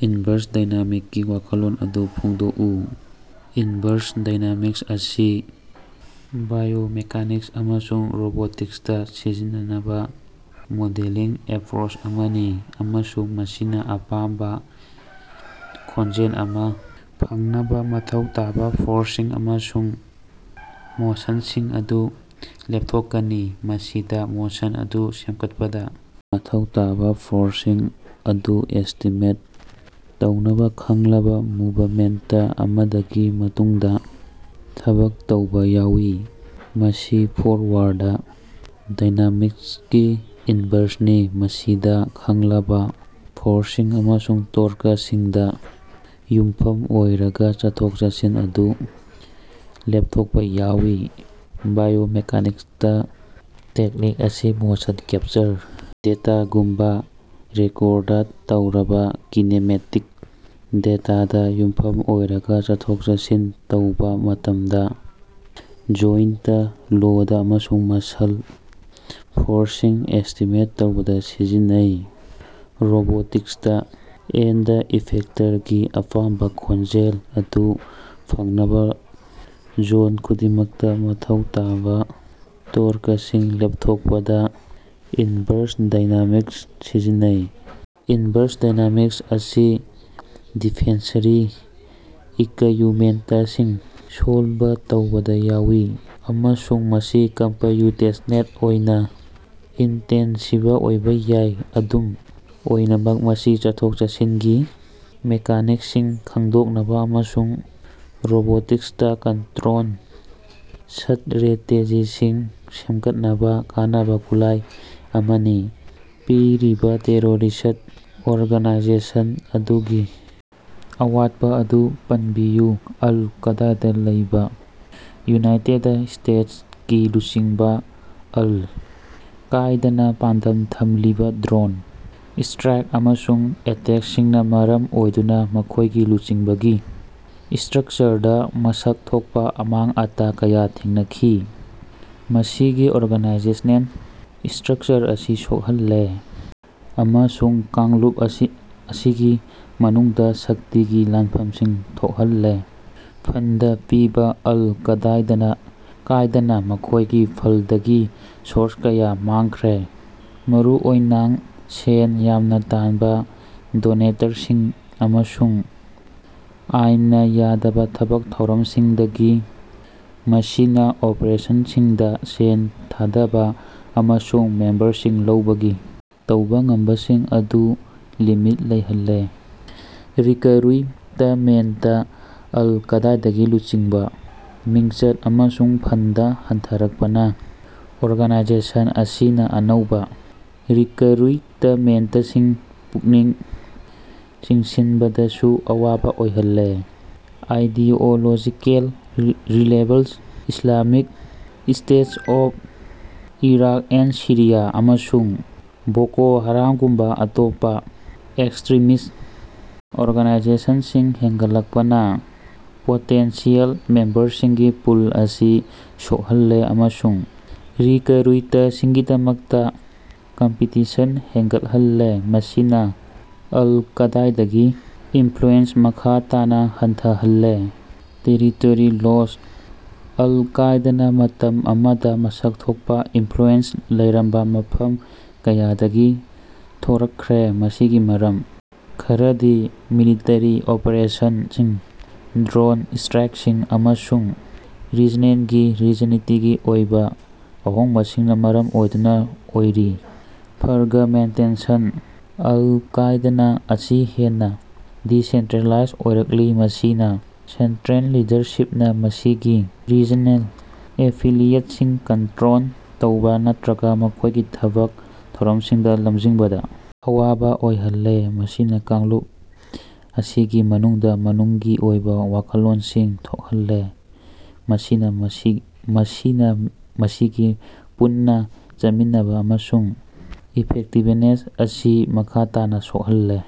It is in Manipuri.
ꯏꯟꯕꯔꯁ ꯗꯥꯏꯅꯥꯃꯤꯛ ꯀꯤ ꯋꯥꯈꯜꯂꯣꯟ ꯑꯗꯨ ꯐꯣꯡꯗꯣꯛꯎ꯫ ꯏꯟꯚꯔꯁ ꯗꯥꯏꯅꯥꯃꯤꯛꯁ ꯑꯁꯤ ꯕꯥꯏꯑꯣꯃꯦꯀꯥꯅꯤꯛꯁ ꯑꯃꯁꯨꯡ ꯔꯣꯕꯣꯇꯤꯛꯁꯇꯥ ꯁꯤꯖꯤꯟꯅꯕ ꯃꯣꯗꯦꯂꯤꯡ ꯑꯦꯄ꯭ꯔꯣꯆ ꯑꯃꯅꯤ ꯑꯃꯁꯨꯡ ꯃꯁꯤꯅ ꯑꯄꯥꯝꯕ ꯈꯣꯡꯖꯦꯜ ꯑꯃ ꯐꯪꯅꯕ ꯃꯊꯧ ꯇꯥꯕ ꯐꯣꯔꯁꯁꯤꯡ ꯑꯃꯁꯨꯡ ꯃꯣꯁꯟꯁꯤꯡ ꯑꯗꯨ ꯂꯦꯞꯊꯣꯛꯀꯅꯤ꯫ ꯃꯁꯤꯗ ꯃꯣꯁꯟ ꯑꯗꯨ ꯁꯦꯝꯒꯠꯄꯗ ꯃꯊꯧ ꯇꯥꯕ ꯐꯣꯔꯁꯁꯤꯡ ꯑꯗꯨ ꯑꯦꯁ꯭ꯇꯤꯃꯦꯠ ꯇꯧꯅꯕ ꯈꯪꯂꯕ ꯃꯨꯚꯃꯦꯟꯇ ꯑꯃꯗꯒꯤ ꯃꯇꯨꯡꯗ ꯊꯕꯛ ꯇꯧꯕ ꯌꯥꯎꯏ꯫ ꯃꯁꯤ ꯐꯣꯔꯋꯥꯔꯗ ꯗꯥꯏꯅꯥꯃꯤꯛꯁꯀꯤ ꯏꯟꯕꯔꯁꯅꯤ, ꯃꯁꯤꯗ ꯈꯪꯂꯕ ꯐꯣꯔꯁꯁꯤꯡ ꯑꯃꯁꯨꯡ ꯇꯣꯔꯀꯁꯤꯡꯗ ꯌꯨꯝꯐꯝ ꯑꯣꯏꯔꯒ ꯆꯠꯊꯣꯛ-ꯆꯠꯁꯤꯟ ꯑꯗꯨ ꯂꯦꯞꯊꯣꯛꯄ ꯌꯥꯎꯏ꯫ ꯕꯥꯏꯑꯣꯃꯦꯀꯥꯅꯤꯛꯁꯇ, ꯇꯦꯛꯅꯤꯛ ꯑꯁꯤ ꯃꯣꯁꯟ ꯀꯦꯞꯆꯔ ꯗꯦꯇꯥꯒꯨꯝꯕ ꯔꯦꯀꯣꯔꯗ ꯇꯧꯔꯕ ꯀꯤꯅꯦꯃꯦꯇꯤꯛ ꯗꯦꯇꯥꯗ ꯌꯨꯝꯐꯝ ꯑꯣꯏꯔꯒ, ꯆꯠꯊꯣꯛ-ꯆꯠꯁꯤꯟ ꯇꯧꯕ ꯃꯇꯝꯗ ꯖꯣꯏꯟꯇ ꯂꯣꯗ ꯑꯃꯁꯨꯡ ꯃꯁꯜ ꯐꯣꯔꯁꯁꯤꯡ ꯑꯦꯁ꯭ꯇꯤꯃꯦꯠ ꯇꯧꯕꯗ ꯁꯤꯖꯤꯟꯅꯩ꯫ ꯔꯣꯕꯣꯇꯤꯛꯁꯇ, ꯑꯦꯟꯗ-ꯏꯐꯦꯛꯇꯔꯒꯤ ꯑꯄꯥꯝꯕ ꯈꯣꯡꯖꯦꯜ ꯑꯗꯨ ꯐꯪꯅꯕ ꯖꯣꯟ ꯈꯨꯗꯤꯡꯃꯛꯇ ꯃꯊꯧ ꯇꯥꯕ ꯇꯣꯔꯀꯁꯤꯡ ꯂꯦꯞꯊꯣꯛꯄꯗ ꯏꯟꯕꯔꯁ ꯗꯥꯏꯅꯥꯃꯤꯛꯁ ꯁꯤꯖꯤꯟꯅꯩ꯫ ꯏꯟꯚꯔꯁ ꯗꯥꯏꯅꯥꯃꯤꯛꯁ ꯑꯁꯤ ꯗꯤꯐꯦꯟꯁꯔꯤ ꯏꯀ꯭ꯌꯨꯏꯞꯃꯦꯟꯇꯁꯤꯡ ꯁꯣꯜꯕ ꯇꯧꯕꯗ ꯌꯥꯎꯏ ꯑꯃꯁꯨꯡ ꯃꯁꯤ ꯀꯝꯄ꯭ꯌꯨꯇꯦꯁꯅꯦꯜ ꯑꯣꯏꯅ ꯏꯟꯇꯦꯟꯁꯤꯕ ꯑꯣꯏꯕ ꯌꯥꯏ꯫ ꯑꯗꯨꯝ ꯑꯣꯏꯅꯃꯛ ꯃꯁꯤ ꯆꯠꯊꯣꯛ-ꯆꯠꯁꯤꯟꯒꯤ ꯃꯦꯀꯥꯅꯤꯛꯁꯁꯤꯡ ꯈꯪꯗꯣꯛꯅꯕ ꯑꯃꯁꯨꯡ ꯔꯣꯕꯣꯇꯤꯛꯁꯇ ꯀꯟꯇ꯭ꯔꯣꯜ ꯁ꯭ꯠꯔꯦꯇꯦꯖꯤꯁꯤꯡ ꯁꯦꯝꯒꯠꯅꯕ ꯀꯥꯟꯅꯕ ꯈꯨꯠꯂꯥꯏ ꯑꯃꯅꯤ꯫ ꯄꯤꯔꯤꯕ ꯇꯦꯔꯣꯔꯤꯁ꯭ꯠ ꯑꯣꯔꯒꯅꯥꯏꯖꯦꯁꯟ ꯑꯗꯨꯒꯤ ꯑꯋꯥꯠꯄ ꯑꯗꯨ ꯄꯟꯕꯤꯌꯨ꯫ ꯑꯜ ꯀꯥꯏꯗꯥꯗ ꯂꯩꯕ ꯌꯨꯅꯥꯏꯇꯦꯗ ꯏꯁꯇꯦꯠꯁ ꯀꯤ ꯂꯨꯆꯤꯡꯕ: ꯑꯜ ꯀꯥꯏꯗꯥꯅ ꯄꯥꯟꯗꯝ ꯊꯝꯂꯤꯕ ꯗ꯭ꯔꯣꯟ ꯁ꯭ꯇ꯭ꯔꯥꯏꯛ ꯑꯃꯁꯨꯡ ꯑꯦꯇꯦꯛꯁꯤꯡꯅ ꯃꯔꯝ ꯑꯣꯏꯗꯨꯅ ꯃꯈꯣꯏꯒꯤ ꯂꯨꯆꯤꯡꯕꯒꯤ ꯁ꯭ꯇꯔꯛꯆꯔꯗ ꯃꯁꯛ ꯊꯣꯛꯄ ꯑꯃꯥꯡ-ꯑꯇꯥ ꯀꯌꯥ ꯊꯦꯡꯅꯈꯤ, ꯃꯁꯤꯒꯤ ꯑꯣꯔꯒꯅꯥꯏꯖꯦꯁꯅꯦꯜ ꯁ꯭ꯇꯔꯛꯆꯔ ꯑꯁꯤ ꯁꯣꯛꯍꯜꯂꯦ ꯑꯃꯁꯨꯡ ꯀꯥꯡꯂꯨꯞ ꯑꯁꯤꯒꯤ ꯃꯅꯨꯡꯗ ꯁꯛꯇꯤꯒꯤ ꯂꯥꯟꯐꯝꯁꯤꯡ ꯊꯣꯛꯍꯜꯂꯦ꯫ ꯐꯟꯗ ꯄꯤꯕ: ꯑꯜ ꯀꯥꯏꯗꯥꯅ ꯃꯈꯣꯏꯒꯤ ꯐꯟꯗꯒꯤ ꯁꯣꯔꯁ ꯀꯌꯥ ꯃꯥꯡꯈ꯭ꯔꯦ, ꯃꯔꯨꯑꯣꯏꯅꯥꯡ ꯁꯦꯜ ꯌꯥꯝꯅ ꯇꯥꯟꯕ ꯗꯣꯅꯦꯇꯔꯁꯤꯡ ꯑꯃꯁꯨꯡ ꯑꯥꯏꯟꯅ ꯌꯥꯗꯕ ꯊꯕꯛ ꯊꯧꯔꯝꯁꯤꯡꯗꯒꯤ꯫ ꯃꯁꯤꯅ ꯑꯣꯄꯔꯦꯁꯟꯁꯤꯡꯗ ꯁꯦꯜ ꯊꯥꯗꯕ ꯑꯃꯁꯨꯡ ꯃꯦꯝꯕꯔꯁꯤꯡ ꯂꯧꯕꯒꯤ ꯇꯧꯕ ꯉꯝꯕꯁꯤꯡ ꯑꯗꯨ ꯂꯤꯃꯤꯠ ꯂꯩꯍꯜꯂꯦ꯫ ꯔꯤꯀ꯭ꯔꯨꯏꯇꯃꯦꯟꯇ: ꯑꯜ ꯀꯥꯏꯗꯥꯒꯤ ꯂꯨꯆꯤꯡꯕ, ꯃꯤꯡꯆꯠ ꯑꯃꯁꯨꯡ ꯐꯟꯗ ꯍꯟꯊꯔꯛꯄꯅ ꯑꯣꯔꯒꯅꯥꯏꯖꯦꯁꯟ ꯑꯁꯤꯅ ꯑꯅꯧꯕ ꯔꯤꯀ꯭ꯔꯨꯏꯇꯃꯦꯟꯇꯁꯤꯡ ꯄꯨꯛꯅꯤꯡ ꯆꯤꯡꯁꯤꯟꯕꯗꯁꯨ ꯑꯋꯥꯕ ꯑꯣꯏꯍꯜꯂꯦ꯫ Ideological relevance: Islamic States of Iraq and Syria ꯑꯃꯁꯨꯡ ꯕꯣꯀꯣ-ꯍꯔꯥꯝꯒꯨꯝꯕ ꯑꯇꯣꯞꯄ ꯑꯦꯛꯁꯇ꯭ꯔꯤꯃꯤꯁ ꯑꯣꯔꯒꯅꯥꯏꯖꯦꯁꯟꯁꯤꯡ ꯍꯦꯟꯒꯠꯂꯛꯄꯅ ꯄꯣꯇꯦꯟꯁꯤꯌꯦꯜ ꯃꯦꯝꯕꯔꯁꯤꯡꯒꯤ ꯄꯨꯜ ꯑꯁꯤ ꯁꯣꯛꯍꯜꯂꯦ ꯑꯃꯁꯨꯡ ꯔꯤꯀ꯭ꯔꯨꯏꯇꯁꯤꯡꯒꯤꯗꯃꯛꯇ ꯀꯝꯄꯤꯇꯤꯁꯟ ꯍꯦꯟꯒꯠꯍꯜꯂꯦ, ꯃꯁꯤꯅ ꯑꯜ ꯀꯥꯏꯗꯥꯒꯤ ꯏꯟꯐ꯭ꯂꯨꯑꯦꯟꯁ ꯃꯈꯥ ꯇꯥꯅ ꯍꯟꯊꯍꯜꯂꯦ꯫ ꯇꯦꯔꯤꯇꯣꯔꯤ ꯂꯣꯁ: ꯑꯜ ꯀꯥꯏꯗꯥꯅ ꯃꯇꯝ ꯑꯃꯗ ꯃꯁꯛ ꯊꯣꯛꯄ ꯏꯟꯐ꯭ꯂꯨꯑꯦꯟꯁ ꯂꯩꯔꯝꯕ ꯃꯐꯝ ꯀꯌꯥꯗꯒꯤ ꯊꯣꯔꯛꯈ꯭ꯔꯦ, ꯃꯁꯤꯒꯤ ꯃꯔꯝ ꯈꯔꯗꯤ ꯃꯤꯂꯤꯇꯔꯤ ꯑꯣꯄ꯭ꯔꯦꯁꯟꯁꯤꯡ, ꯗ꯭ꯔꯣꯟ ꯁ꯭ꯇ꯭ꯔꯥꯏꯛꯁꯤꯡ, ꯑꯃꯁꯨꯡ ꯔꯤꯖꯅꯦꯜꯒꯤ ꯔꯥꯖꯅꯤꯇꯤꯒꯤ ꯑꯣꯏꯕ ꯑꯍꯣꯡꯕꯁꯤꯡꯅ ꯃꯔꯝ ꯑꯣꯏꯗꯨꯅ ꯑꯣꯏꯔꯤ꯫ ꯐ꯭ꯔꯒꯃꯦꯟꯇꯦꯁꯟ: ꯑꯜ ꯀꯥꯏꯗ ꯑꯁꯤ ꯍꯦꯟꯅ ꯗꯤꯁꯦꯟꯇ꯭ꯔꯦꯂꯥꯏꯖ ꯑꯣꯏꯔꯛꯂꯤ, ꯃꯁꯤꯅ ꯁꯦꯟꯇ꯭ꯔꯦꯜ ꯂꯤꯗꯔꯁꯤꯞꯅ ꯃꯁꯤꯒꯤ ꯔꯤꯖꯅꯦꯜ ꯑꯦꯐꯤꯂꯤꯌꯦꯠꯁꯤꯡ ꯀꯟꯇ꯭ꯔꯣꯜ ꯇꯧꯕ ꯅꯠꯇ꯭ꯔꯒ ꯃꯈꯣꯏꯒꯤ ꯊꯕꯛ ꯊꯧꯔꯝꯁꯤꯡꯗ ꯂꯝꯖꯤꯡꯕꯗ ꯑꯋꯥꯕ ꯑꯣꯏꯍꯜꯂꯦ꯫ ꯃꯁꯤꯅ ꯀꯥꯡꯂꯨꯞ ꯑꯁꯤꯒꯤ ꯃꯅꯨꯡꯗ ꯃꯅꯨꯡꯒꯤ ꯑꯣꯏꯕ ꯋꯥꯈꯜꯂꯣꯟꯁꯤꯡ ꯊꯣꯛꯍꯜꯂꯦ, ꯃꯁꯤꯅ ꯃꯁꯤꯒꯤ ꯄꯨꯟꯅ ꯆꯠꯃꯤꯟꯅꯕ ꯑꯃꯁꯨꯡ ꯏꯐꯦꯛꯇꯤꯕꯅꯦꯁ ꯑꯁꯤ ꯃꯈꯥ ꯇꯥꯅ ꯁꯣꯛꯍꯜꯂꯦ꯫